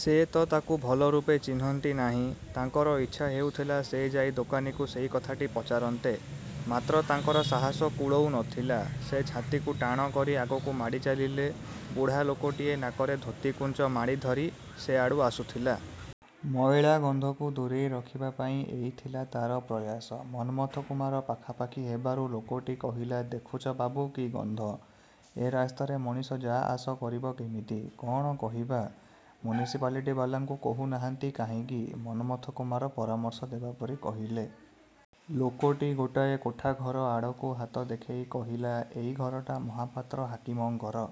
ସେ ତ ତାକୁ ଭଲ ରୂପେ ଚିହ୍ନନ୍ତି ନାହିଁ! ତାଙ୍କର ଇଚ୍ଛା ହେଉଥିଲା, ସେ ଯାଇ ଦୋକାନୀକୁ ସେଇ କଥାଟି ପଚାରନ୍ତେ। ମାତ୍ର ତାଙ୍କର ସାହସ କୁଳଉ ନଥିଲା। ସେ ଛାତିକୁ ଟାଣ କରି ଆଗକୁ ମାଡ଼ି ଚାଲିଲେ। ବୁଢ଼ା ଲୋକଟିଏ ନାକରେ ଧୋତିକୁଞ୍ଚ ମାଡ଼ିଧରି ସେଆଡ଼ୁ ଆସୁଥିଲା। ମଇଳା ଗନ୍ଧକୁ ଦୂରେଇ ରଖିବା ପାଇ ଏଇ ଥିଲା ତାର ପ୍ରୟାସ। ମନ୍ମଥ କୁମାର ପାଖାପାଖି ହେବାରୁ ଲୋକଟି କହିଲା, "ଦେଖୁଛ ବାବୁ, କି ଗନ୍ଧ! ଏ ରାସ୍ତାରେ ମଣିଷ ଯା ଆସ କରିବେ କେମିତି?" "କଣ କହିବା! ମ୍ୟୁନିସିପାଲିଟିବାଲାଙ୍କୁ କହୁନାହାନ୍ତି କାହିଁକି?" ମନ୍ମଥ କୁମାର ପରାମର୍ଶ ଦେବା ପରି କହିଲେ। ଲୋକଟି ଗୋଟାଏ କୋଠାଘର ଆଡ଼କୁ ହାତ ଦେଖେଇ କହିଲା, "ଏଇ ଘରଟା ମହାପାତ୍ର ହାକିମଙ୍କର।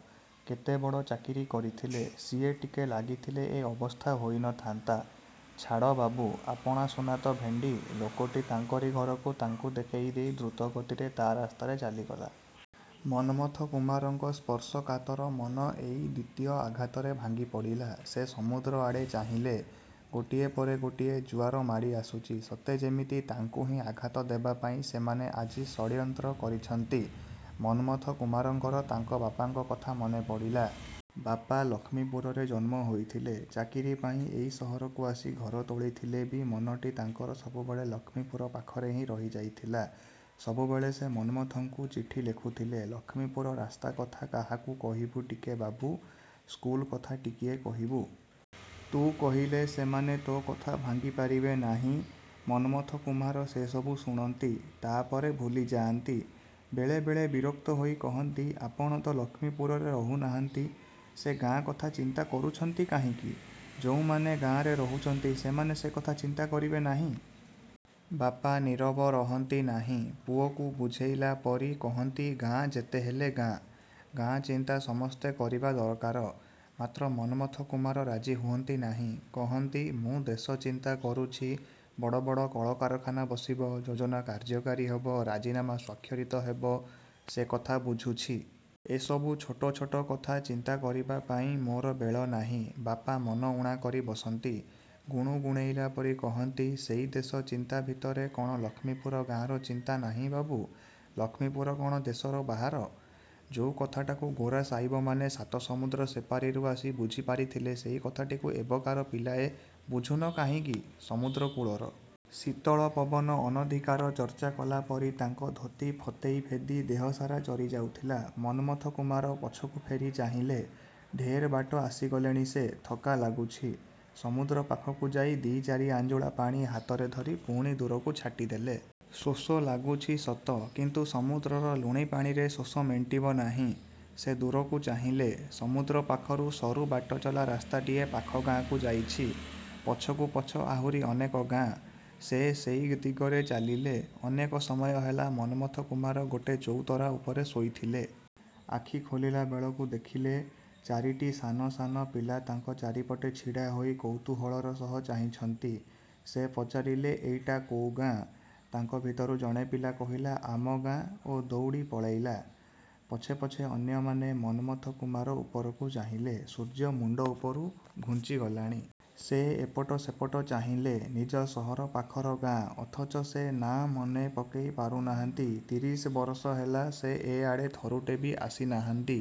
କେତେ ବଡ଼ ଚାକିରି କରିଥିଲେ! ସିଏ ଟିକେ ଲାଗିଥିଲେ ଏ ଅବସ୍ଥା ହୋଇନଥାନ୍ତା। ଛାଡ଼ ବାବୁ । ଆପଣା ସୁନା ତ ଭେଣ୍ଡି!" ଲୋକଟି ତାଙ୍କରି ଘରକୁ ତାଙ୍କୁ ଦେଖେଇ ଦେଇ ଦ୍ରୁତ ଗତିରେ ତା ରାସ୍ତାରେ ଚାଲିଗଲା। ମନ୍ମଥ କୁମାରଙ୍କ ସ୍ପର୍ଶକାତର ମନ ଏଇ ଦ୍ୱିତୀୟ ଆଘାତରେ ଭାଙ୍ଗିପଡ଼ିଲା। ସେ ସମୁଦ୍ର ଆଡ଼େ ଚାହିଁଲେ। ଗୋଟିଏ ପରେ ଗୋଟିଏ ଜୁଆର ମାଡ଼ି ଆସୁଛି। ସତେ ଯେମିତି ତାଙ୍କୁ ହିଁ ଆଘାତ ଦେବା ପାଇଁ ସେମାନେ ଆଜି ଷଡ୍ଯନ୍ତ୍ର କରିଛନ୍ତି। ମନ୍ମଥ କୁମାରଙ୍କର ତାଙ୍କ ବାପାଙ୍କ କଥା ମନେ ପଡ଼ିଲା। ବାପା ଲକ୍ଷ୍ମୀପୁରରେ ଜନ୍ମ ହୋଇଥିଲେ। ଚାକିରି ପାଇଁ ଏଇ ସହରକୁ ଆସି ଘର ତୋଳିଥିଲେ ବି ମନଟି ତାଙ୍କର ସବୁବେଳେ ଲକ୍ଷ୍ମୀପୁର ପାଖରେ ହିଁ ରହିଯାଇଥିଲା। ସବୁବେଳେ ସେ ମନ୍ମଥଙ୍କୁ ଚିଠି ଲେଖୁଥିଲେ, "ଲକ୍ଷ୍ମୀପୁର ରାସ୍ତା କଥା କାହାକୁ କହିବୁ ଟିକେ ବାବୁ, ସ୍କୁଲ କଥା ଟିକିଏ କହିବୁ। ତୁ କହିଲେ ସେମାନେ ତୋ କଥା ଭାଙ୍ଗିପାରିବେ ନାହିଁ।" ମନ୍ମଥ କୁମାର ସେସବୁ ଶୁଣନ୍ତି, ତାପରେ ଭୁଲିଯାଆନ୍ତି। ବେଳେ ବେଳେ ବିରକ୍ତ ହୋଇ କହନ୍ତି, "ଆପଣ ତ ଲକ୍ଷ୍ମୀପୁରରେ ରହୁନାହାନ୍ତି। ସେ ଗାଁ କଥା ଚିନ୍ତା କରୁଛନ୍ତି କାହିଁକି? ଯୋଉମାନେ ଗାଁରେ ରହୁଛନ୍ତି ସେମାନେ ସେକଥା ଚିନ୍ତା କରିବେ ନାହିଁ!" ବାପା ନିରବ ରହନ୍ତି ନାହିଁ। ପୁଅକୁ ବୁଝେଇଲା ପରି କହନ୍ତି, "ଗାଁଆ ଯେତେହେଲେ ଗାଁଆ। ଗାଁଆ ଚିନ୍ତା ସମସ୍ତେ କରିବା ଦରକାର।"ମାତ୍ର ମନ୍ମଥ କୁମାର ରାଜି ହୁଅନ୍ତି ନାହିଁ। କହନ୍ତି, "ମୁଁ ଦେଶ ଚିନ୍ତା କରୁଛି। ବଡ଼ ବଡ଼ କଳକାରଖାନା ବସିବ, ଯୋଜନା କାର୍ଯ୍ୟକାରୀ ହେବ, ରାଜିନାମା ସ୍ୱାକ୍ଷରିତ ହେବ, ସେକଥା ବୁଝୁଛି। ଏସବୁ ଛୋଟ ଛୋଟ କଥା ଚିନ୍ତା କରିବା ପାଇଁ ମୋର ବେଳ ନାହିଁ।"ବାପା ମନ ଊଣା କରି ବସନ୍ତି। ଗୁଣୁଗୁଣେଇଲା ପରି କହନ୍ତି, "ସେଇ ଦେଶ ଚିନ୍ତା ଭିତରେ କଣ ଲକ୍ଷ୍ମୀପୁର ଗାଁଆର ଚିନ୍ତା ନାହିଁ ବାବୁ? ଲକ୍ଷ୍ମୀପୁର କଣ ଦେଶରୁ ବାହାର? ଯୋଉ କଥାଟାକୁ ଗୋରା ସାଇବମାନେ ସାତ ସମୁଦ୍ର ସେପାରିରୁ ଆସି ବୁଝିପାରିଥିଲେ ସେଇ କଥାଟିକୁ ଏବକାର ପିଲାଏ ବୁଝୁନ କାହିଁକି?"ସମୁଦ୍ରକୂଳର ଶୀତଳ ପବନ ଅନଧିକାର ଚର୍ଚ୍ଚା କଲା ପରି ତାଙ୍କ ଧୋତି, ଫତେଇ ଭେଦି ଦେହସାରା ଚରିଯାଉଥିଲା। ମନ୍ମଥ କୁମାର ପଛକୁ ଫେରି ଚାହିଁଲେ। ଢେର୍ ବାଟ ଆସିଗଲେଣି ସେ। ଥକ୍କା ଲାଗୁଛି। ସମୁଦ୍ର ପାଖକୁ ଯାଇ ଦି' ଚାରି ଆଞ୍ଜୁଳା ପାଣି ହାତରେ ଧରି ପୁଣି ଦୂରକୁ ଛାଟିଦେଲେ। ଶୋଷ ଲାଗୁଛି ସତ, କିନ୍ତୁ ସମୁଦ୍ରର ଲୁଣି ପାଣିରେ ଶୋଷ ମେଣ୍ଟିବ ନାହିଁ। ସେ ଦୂରକୁ ଚାହିଁଲେ, ସମୁଦ୍ର ପାଖରୁ ସରୁ ବାଟଚଲା ରାସ୍ତାଟିଏ ପାଖ ଗାଁଆକୁ ଯାଇଛି। ପଛକୁ ପଛ ଆହୁରି ଅନେକ ଗାଁଆ। ସେ ସେଇ ଦିଗରେ ଚାଲିଲେ। ଅନେକ ସମୟ ହେଲା ମନ୍ମଥ କୁମାର ଗୋଟେ ଚଉତରା ଉପରେ ଶୋଇଥିଲେ। ଆଖି ଖୋଲିଲାବେଳକୁ ଦେଖିଲେ, ଚାରିଟି ସାନ ସାନ ପିଲା ତାଙ୍କ ଚାରିପଟେ ଛିଡ଼ାହୋଇ କୌତୂହଳର ସହ ଚାହିଁଛନ୍ତି। ସେ ପଚାରିଲେ, "ଏଇଟା କୋଉ ଗାଁଆ?"ତାଙ୍କ ଭିତରୁ ଜଣେ ପିଲା କହିଲା, "ଆମ ଗାଁଆ" ଓ ଦଉଡ଼ି ପଳେଇଲା। ପଛେ ପଛେ ଅନ୍ୟମାନେ। ମନ୍ମଥ କୁମାର ଉପରକୁ ଚାହିଁଲେ, ସୂର୍ଯ୍ୟ ମୁଣ୍ଡ ଉପରୁ ଘୁଞ୍ଚିଗଲାଣି। ସେ ଏପଟ ସେପଟ ଚାହିଁଲେ। ନିଜ ସହର ପାଖର ଗାଁଆ, ଅଥଚ ସେ ନାଁ ମନେପକେଇ ପାରୁ ନାହାନ୍ତି। ତିରିଶ ବର୍ଷ ହେଲା ସେ ଏ ଆଡ଼େ ଥରୁଟେ ବି ଆସିନାହାନ୍ତି।